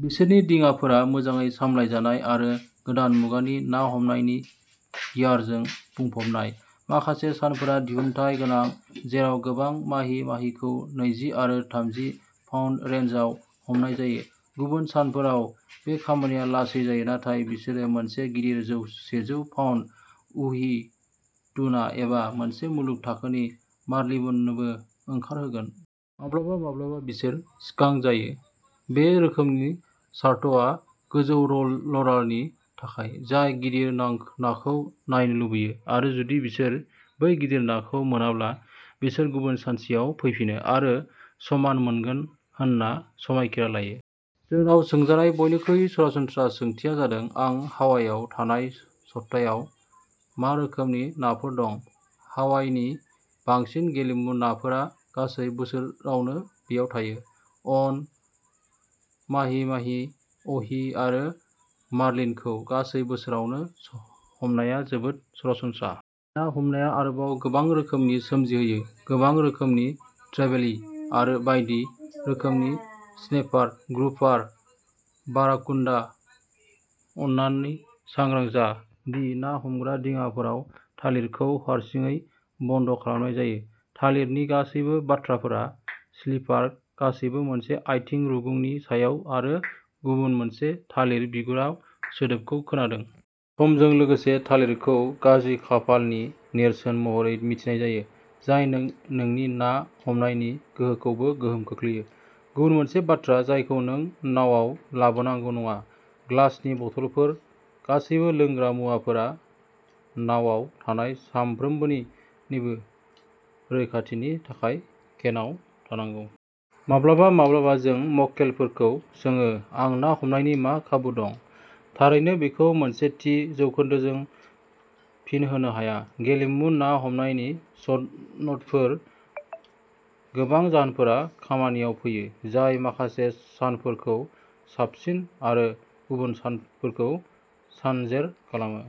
बिसोरनि दिङाफोरा मोजाङै सामलायजानाय आरो गोदान मुगानि ना हमनायनि गियारजों बुंफबनाय। माखासे सानफोरा दिहुनथाय गोनां, जेराव गोबां माहि माहिखौ नैजि आरो थामजि पाउन्द रेन्जआव हमनाय जायो। गुबुन सानफोराव बे खामानिया लासै जायो, नाथाय बिसोरो मोनसे गिदिर सेजौ पाउन्द अहि टुना एबा मोनसे मुलुग थाखोनि मार्लिनबो ओंखारहोगोन। माब्लाबा माब्लाबा बिसोर स्कांक जायो। बे रोखोमनि चार्टारआ गोजौ र'लारनि थाखाय, जाय गिदिर नाखौ नायनो लुबैयो आरो जुदि बिसोर बै गिदिर नाखौ मोनाब्ला बिसोर गुबुन सानसेआव फैफिनो आरो समान मोनगोन होनना समायखिरा लायो। जोंनाव सोंजानाय बयनिख्रुइ सरासनस्रा सोंथिया जादों आं हावाइआव थानाय सप्तायाव मा रोखोमनि नाफोर दं? हावाइनि बांसिन गेलेमु नाफोरा गासै बोसोरावनो बेयाव थायो। अन', माहि माहि, अहि आरो मार्लिनखौ गासै बोसोरावनो हमनाया जोबोद सरासनस्रा। गाहाय ना हमनाया आरोबाव गोबां रोखोमारि सोमजिहोयो गोबां रोखोमनि ट्रेभेलि, बायदि रोखोमनि स्नेपार, ग्रुपार, बाराकुडा, अन्नानै सांग्रां जा दि ना हमग्रा दिङाफोराव थालिरखौ हारसिङै बन्द' खालामनाय जायो। थालिरनि गासैबो बाथ्राफोरा स्लिपार गासैबो मोनसे आथिं रुगुंनि सायाव आरो गुबुन मोनसे थालिर बिगुराव सोदोबखौ खोनादों। समजों लोगोसे थालिरखौ गाज्रि खाफालनि नेरसोन महरै मिथिनाय जायो, जाय नोंनि ना हमनायनि गोहोखौबो गोहोम खोख्लैयो। गुबुन मोनसे बाथ्रा जायखौ नों नावाव लाबोनांगौ नङा। ग्लासनि बथलफोर गासैबो लोंग्रा मुवाफोरा नावाव थानाय साफ्रोमनिबो रैखाथिनि थाखाय केनआव थानांगौ। माब्लाबा-माब्लाबा जों मक्केलफोरखौ सोङो आं ना हमनायनि मा खाबु दं? थारैनो बेखौ मोनसे थि जौखोन्दोजों फिन होनो हाया। गेलेमु ना हमनायनि सनदफोर, गोबां जाहोनफोरा खामानियाव फैयो जाय माखासे सानफोरखौ साबसिन आरो गुबुन सानफोरखौ सानजेर खालामो।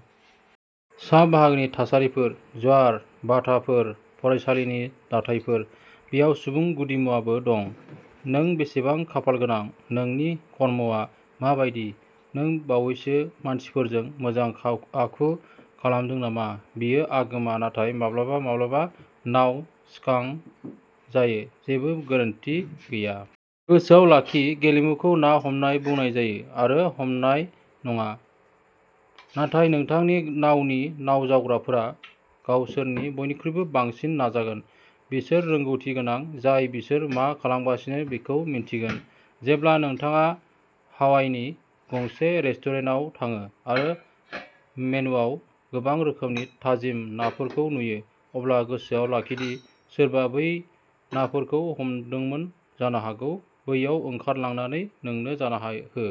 सा बाहागोनि थासारिफोर, ज्वार भाटाफोर, फरायसालिनि दाथायफोर। बेयाव सुबुं गुदिमुवाबो दं। नों बेसेबां खाफालगोनां? नोंनि कर्मआ माबायदि? नों बावैसो मानसिफोरजों मोजां आखु खालामदों नामा? बेयो आगोमा, नाथाय माब्लाबा-माब्लाबा नाव स्कांक जायो जेबो गेरेन्टि गैया। गोसोआव लाखि गेलेमुखौ ना हमनाय बुंनाय जायो आरो हमनाय नङा। नाथाय नोंथांनि नावनि नावजावग्राफोरा गावसोरनि बयनिख्रुइबो बांसिन नाजागोन। बिसोर रोंग'थि गोनां जाय बिसोर मा खालामगासिनो बेखौ मिन्थिगोन। जेब्ला नोंथाङा हावाइनि गंसे रेस्टुरेन्टाव थाङो आरो मेनुवाव गोबां रोखोमनि थाजिम नाफोरखौ नुयो, अब्ला गोसोआव लाखि दि सोरबा बै नाफोरखौ हमदोंमोन जानो हागौ बैयाव ओंखारलांनानै नोंनो जानो हो!